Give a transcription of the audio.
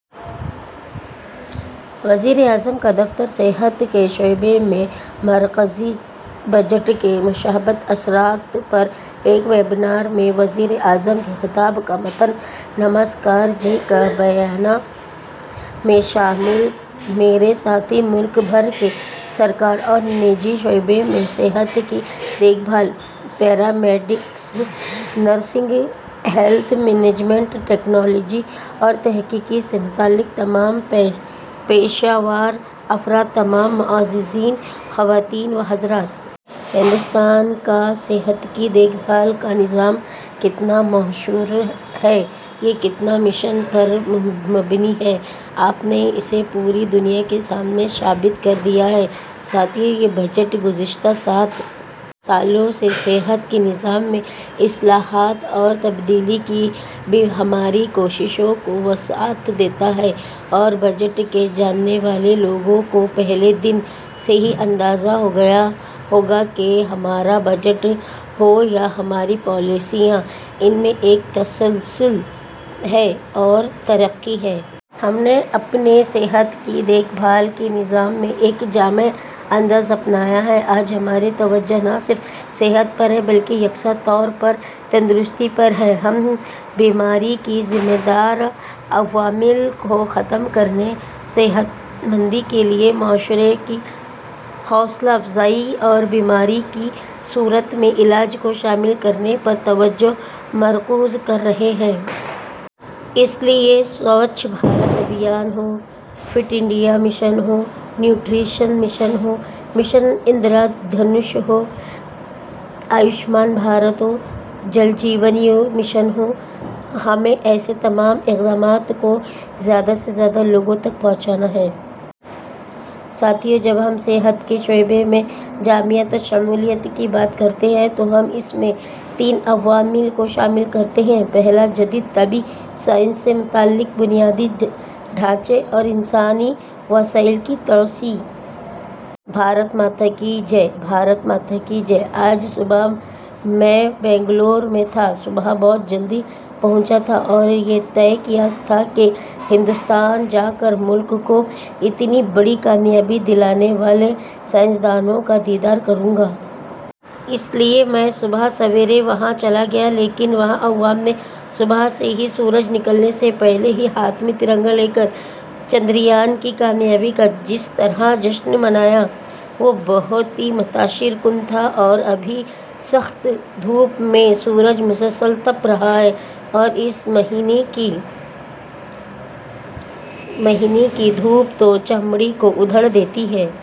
وزیراعظم کا دفتر صحت کے شعبے میں مرکزی بجٹ کے مثبت اثرات پر ایک ویبینار میں وزیر اعظم کے خطاب کا متن نمسکار جی! کابینہ میں شامل میرے ساتھی، ملک بھر کے سرکاری اور نجی شعبے میں صحت کی دیکھ بھال، paramedics, nursing, health management, technology اور تحقیق سے متعلق تمام پیشہ ور افراد، تمام معززین، خواتین و حضرات! ہندوستان کا صحت کی دیکھ بھال کا نظام کتنا مؤثر ہے، یہ کتنا مشن پر مبنی ہے، آپ نے اسے پوری دنیا کے سامنے ثابت کر دیا ہے۔ ساتھیوں، یہ بجٹ گزشتہ سات سالوں سے صحت کے نظام میں اصلاحات اور تبدیلی کی ہماری کوششوں کو وسعت دیتا ہے اور بجٹ کے جاننے والے لوگوں کو پہلے دن سے ہی اندازہ ہو گیا ہوگا کہ ہمارا بجٹ ہو یا ہماری پالیسیاں، ان میں ایک تسلسل ہے اور ترقی ہے۔ ہم نے اپنے صحت کی دیکھ بھال کے نظام میں ایک جامع انداز اپنایا ہے۔ آج ہماری توجہ نہ صرف صحت پر ہے بلکہ یکساں طور پر تندرستی پر ہے۔ ہم بیماری کے ذمہ دار عوامل کو ختم کرنے، صحت مندی کے لیے معاشرے کی حوصلہ افزائی اور بیماری کی صورت میں علاج کو شامل کرنے پر توجہ مرکوز کر رہے ہیں۔ اس لیے سوچھ بھارت ابھیان ہو، فٹ انڈیا مشن ہو، نیوٹریشن مشن ہو، مشن اندرا دھنش ہو، آیوشمان بھارت ہو، جل جیون مشن ہو، ہمیں ایسے تمام اقدامات کو زیادہ سے زیادہ لوگوں تک پہنچانا ہے۔ ساتھیوں، جب ہم صحت کے شعبے میں جامعیت اور شمولیت کی بات کرتے ہیں تو ہم اس میں تین عوامل کو شامل کرتے ہیں۔ پہلا، جدید طبی سائنس سے متعلق بنیادی ڈھانچے اور انسانی وسائل کی توسیع۔ بھارت ماتا کی جے! بھارت ماتا کی جے! آج صبح میں بنگلورو میں تھا، صبح بہت جلدی پہنچا تھا اور یہ طے کیا تھا کہ ہندوستان جاکر ملک کو اتنی بڑی کامیابی دلانے والے سائنسدانوں کا دیدار کروں گا۔ اس لیے میں صبح سویرے وہاں چلا گیا، لیکن وہاں عوام نے صبح سے ہی، سورج نکلنے سے پہلے ہی ہاتھ میں ترنگا لے کر چندریان کی کامیابی کا جس طرح جشن منایا، وہ بہت ہی متاثر کن تھا اور ابھی سخت دھوپ میں سورج مسلسل تپ رہا ہے اور اس مہینے کی دھوپ تو چمڑی کو ادھیڑ دیتی ہے۔